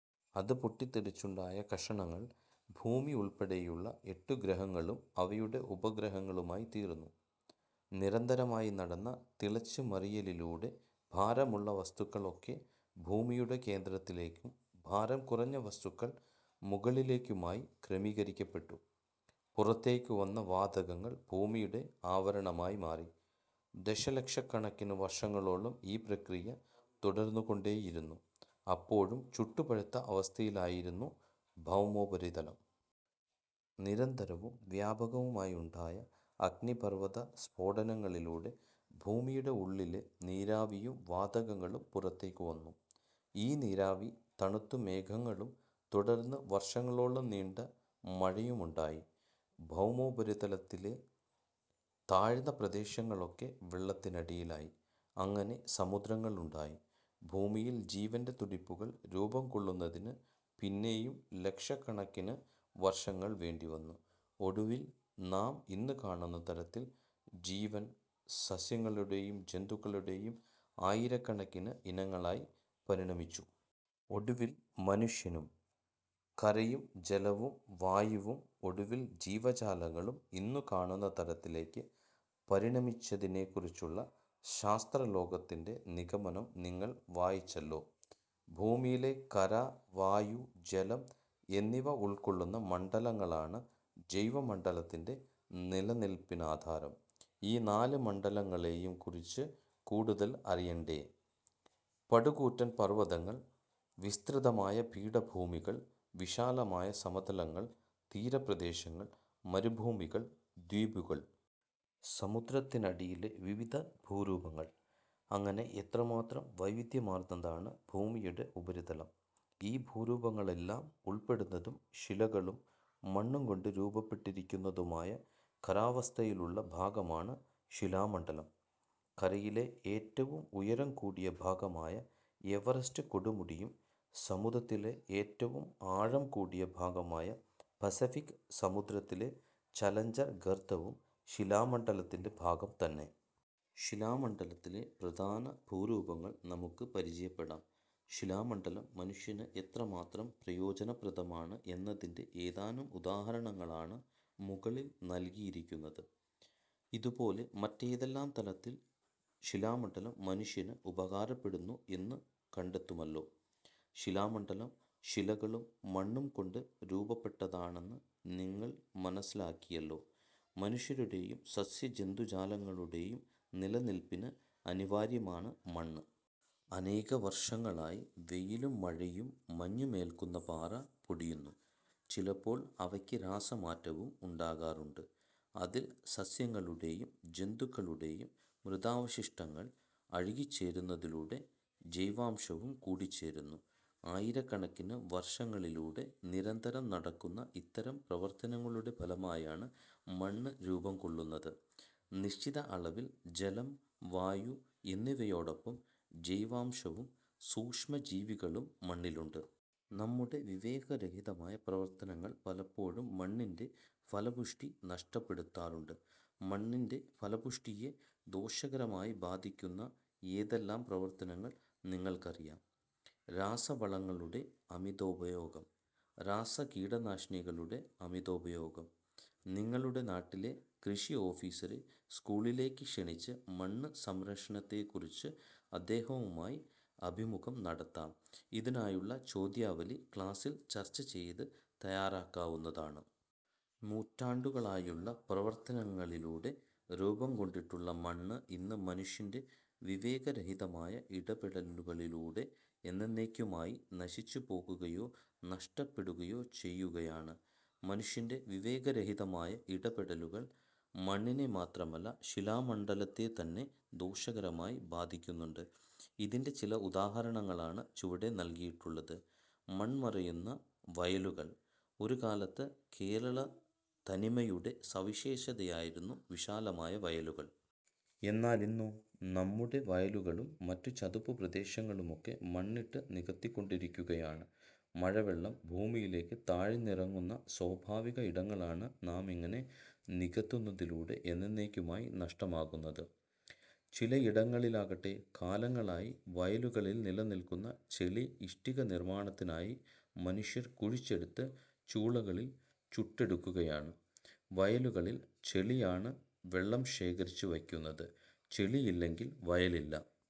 അത് പൊട്ടിത്തെറിച്ചുണ്ടായ കഷണങ്ങൾ ഭൂമി ഉൾപ്പെടെയുള്ള എട്ടു ഗ്രഹങ്ങളും അവയുടെ ഉപഗ്രഹങ്ങളുമായിത്തീർന്നു. നിരന്തരമായി നടന്ന തിളച്ചുമറിയലിലൂടെ ഭാരമുള്ള വസ്തുക്കളൊക്കെ ഭൂമിയുടെ കേന്ദ്രത്തിലേക്കും ഭാരം കുറഞ്ഞ വസ്തുക്കൾ മുകളിലേക്കുമായി ക്രമീകരിക്കപ്പെട്ടു. പുറത്തേക്കു വന്ന വാതകങ്ങൾ ഭൂമിയുടെ ആവരണമായി മാറി. ദശലക്ഷക്കണക്കിനു വർഷങ്ങളോളം ഈ പ്രക്രിയ തുടർന്നുകൊണ്ടേയിരുന്നു. അപ്പോഴും ചുട്ടുപഴുത്ത അവസ്ഥയിലായിരുന്നു ഭൗമോപരിതലം. നിരന്തരവും വ്യാപകവുമായുണ്ടായ അഗ്നിപർവ്വത സ്ഫോടനങ്ങളിലൂടെ ഭൂമിയുടെ ഉള്ളിലെ നീരാവിയും വാതകങ്ങളും പുറത്തേക്കുവന്നു. ഈ നീരാവി തണുത്ത് മേഘങ്ങളും തുടർന്ന് വർഷങ്ങളോളം നീണ്ട മഴയുമുണ്ടായി. ഭൗമോപരിതലത്തിലെ താഴ്ന്ന പ്രദേശങ്ങളൊക്കെ വെള്ളത്തിനടിയിലായി. അങ്ങനെ സമുദ്രങ്ങളുണ്ടായി. ഭൂമിയിൽ ജീവന്റെ തുടിപ്പുകൾ രൂപംകൊള്ളുന്നതിന് പിന്നെയും ലക്ഷക്കണക്കിന് വർഷങ്ങൾ വേണ്ടിവന്നു. ഒടുവിൽ നാം ഇന്നു കാണുന്ന തരത്തിൽ ജീവൻ, സസ്യങ്ങളുടെയും ജന്തുക്കളുടെയും ആയിരക്കണക്കിന് ഇനങ്ങളായി പരിണമിച്ചു... ഒടുവിൽ മനുഷ്യനും. കരയും ജലവും വായുവും ഒടുവിൽ ജീവജാലങ്ങളും ഇന്നു കാണുന്ന തരത്തിലേക്ക് പരിണമിച്ചതിനെക്കുറിച്ചുള്ള ശാസ്ത്രലോകത്തിന്റെ നിഗമനം നിങ്ങൾ വായിച്ചല്ലോ. ഭൂമിയിലെ കര, വായു, ജലം എന്നിവ ഉൾക്കൊള്ളുന്ന മണ്ഡലങ്ങളാണ് ജൈവമണ്ഡലത്തിന്റെ നിലനിൽപ്പിനാധാരം. ഈ നാല് മണ്ഡലങ്ങളെയും കുറിച്ച് കൂടുതൽ അറിയണ്ടേ? പടുകൂറ്റൻ പർവ്വതങ്ങൾ, വിസ്തൃതമായ പീഠഭൂമികൾ, വിശാലമായ സമതലങ്ങൾ, തീര പ്രദേശങ്ങൾ, മരുഭൂമികൾ, ദ്വീപുകൾ... സമുദ്രത്തിനടിയിലെ വിവിധ ഭൂരൂപങ്ങൾ... അങ്ങനെ എത്രമാത്രം വൈവിധ്യമാർന്നതാണ് ഭൂമിയുടെ ഉപരിതലം! ഈ ഭൂരൂപങ്ങളെല്ലാം ഉൾപ്പെടുന്നതും ശിലകളും മണ്ണും കൊണ്ട് രൂപപ്പെട്ടിരിക്കുന്നതുമായ ഖരാവസ്ഥയിലുള്ള ഭാഗമാണ് ശിലാമണ്ഡലം. കരയിലെ ഏറ്റവും ഉയരം കൂടിയ ഭാഗമായ എവറസ്റ്റ് കൊടുമുടിയും സമുദത്തിലെ ഏറ്റവും ആഴം കൂടിയ ഭാഗമായ പസഫിക് സമുദ്രത്തിലെ ചലഞ്ചർ ഗർത്തവും ശിലാമണ്ഡലത്തിന്റെ ഭാഗം തന്നെ! ശിലാമണ്ഡലത്തിലെ പ്രധാന ഭൂരൂപങ്ങൾ നമുക്ക് പരിചയപ്പെടാം. ശിലാമണ്ഡലം മനുഷ്യന് എത്രമാത്രം പ്രയോജനപ്രദമാണ് എന്നതിന്റെ ഏതാനും ഉദാഹരണങ്ങളാണ് മുകളിൽ നൽകിയിരിക്കുന്നത്. ഇതുപോലെ മറ്റേതെല്ലാം തരത്തിൽ ശിലാമണ്ഡലം മനുഷ്യന് ഉപകാരപ്പെടുന്നു എന്നു കണ്ടെത്തുമല്ലോ. ശിലാമണ്ഡലം ശിലകളും മണ്ണും കൊണ്ട് രൂപപ്പെട്ടതാണെന്ന് നിങ്ങൾ മനസ്സിലാക്കിയല്ലോ. മനുഷ്യരുടെയും സസ്യജന്തുജാലങ്ങളുടെയും നിലനിൽപ്പിന് അനിവാര്യമാണ് മണ്ണ്. അനേകവർഷങ്ങളായി വെയിലും മഴയും മഞ്ഞുമേൽക്കുന്ന പാറ പൊടിയുന്നു. ചിലപ്പോൾ അവയ്ക്ക് രാസമാറ്റവും ഉണ്ടാകാറുണ്ട്. അതിൽ സസ്യങ്ങളുടെയും ജന്തുക്കളുടെയും മൃതാവശിഷ്ടങ്ങൾ അഴുകിച്ചേരുന്നതിലൂടെ ജൈവാംശവും കൂടിച്ചേരുന്നു. ആയിരക്കണക്കിന് വർഷങ്ങളിലൂടെ നിരന്തരം നടക്കുന്ന ഇത്തരം പ്രവർത്തനങ്ങളുടെ ഫലമായാണ് മണ്ണ് രൂപംകൊള്ളുന്നത്. നിശ്ചിത അളവിൽ ജലം, വായു എന്നിവയോടൊപ്പം ജൈവാംശവും സൂക്ഷ്മജീവികളും മണ്ണിലുണ്ട്. നമ്മുടെ വിവേകരഹിതമായ പ്രവർത്തനങ്ങൾ പലപ്പോഴും മണ്ണിന്റെ ഫലപുഷ്ടി നഷ്ടപ്പെടുത്താറുണ്ട്. മണ്ണിന്റെ ഫലപുഷ്ടിയെ ദോഷകരമായി ബാധിക്കുന്ന ഏതെല്ലാം പ്രവർത്തനങ്ങൾ നിങ്ങൾക്കറിയാം? രാസവളങ്ങളുടെ അമിതോപയോഗം. രാസകീടനാശിനികളുടെ അമിതോപയോഗം. നിങ്ങളുടെ നാട്ടിലെ കൃഷി ഓഫീസറെ സ്കൂളിലേക്ക് ക്ഷണിച്ചു മണ്ണ് സംരക്ഷണത്തെക്കുറിച്ച് അദ്ദേഹവുമായി അഭിമുഖം നടത്താം. ഇതിനായുള്ള ചോദ്യാവലി ക്ലാസിൽ ചർച്ച ചെയ്ത് തയ്യാറാക്കാവുന്നതാണ്. നൂറ്റാണ്ടുകളായുള്ള പ്രവർത്തനങ്ങളിലൂടെ രൂപംകൊണ്ടിട്ടുള്ള മണ്ണ് ഇന്ന് മനുഷ്യന്റെ വിവേകരഹിതമായ ഇടപെടലുകളിലൂടെ എന്നെന്നേയ്ക്കുമായി നശിച്ചുപോകുകയോ നഷ്ടപ്പെടുകയോ ചെയ്യുകയാണ്. മനുഷ്യന്റെ വിവേകരഹിതമായ ഇടപെടലുകൾ മണ്ണിനെ മാത്രമല്ല ശിലാമണ്ഡലത്തെത്തന്നെ ദോഷകരമായി ബാധിക്കുന്നുണ്ട്. ഇതിന്റെ ചില ഉദാഹരണങ്ങളാണ് ചുവടെ നൽകിയിട്ടുള്ളത്. മൺമറയുന്ന വയലുകൾ. ഒരു കാലത്ത് കേരളത്തനിമയുടെ സവിശേഷതയായിരുന്നു വിശാലമായ വയലുകൾ. എന്നാലിന്നോ? നമ്മുടെ വയലുകളും മറ്റു ചതുപ്പുപ്രദേശങ്ങളുമൊക്കെ മണ്ണിട്ടു നികത്തിക്കൊണ്ടിരിക്കുകയാണ്. മഴവെള്ളം ഭൂമിയിലേക്ക് താഴ്ന്നിറങ്ങുന്ന സ്വാഭാവിക ഇടങ്ങളാണ് നാമിങ്ങനെ നികത്തുന്നതിലൂടെ എന്നെന്നേയ്ക്കുമായി നഷ്ടമാകുന്നത്. ചിലയിടങ്ങളിലാകട്ടെ കാലങ്ങളായി വയലുകളിൽ നിലനിൽക്കുന്ന ചെളി ഇഷ്ടിക നിർമ്മാണത്തിനായി മനുഷ്യർ കുഴിച്ചെടുത്ത് ചൂളകളിൽ ചുട്ടെടുക്കുകയാണ്. വയലുകളിൽ ചെളിയാണ് വെള്ളം ശേഖരിച്ചു വയ്ക്കുന്നത്. ചെളിയില്ലെങ്കിൽ വയലില്ല.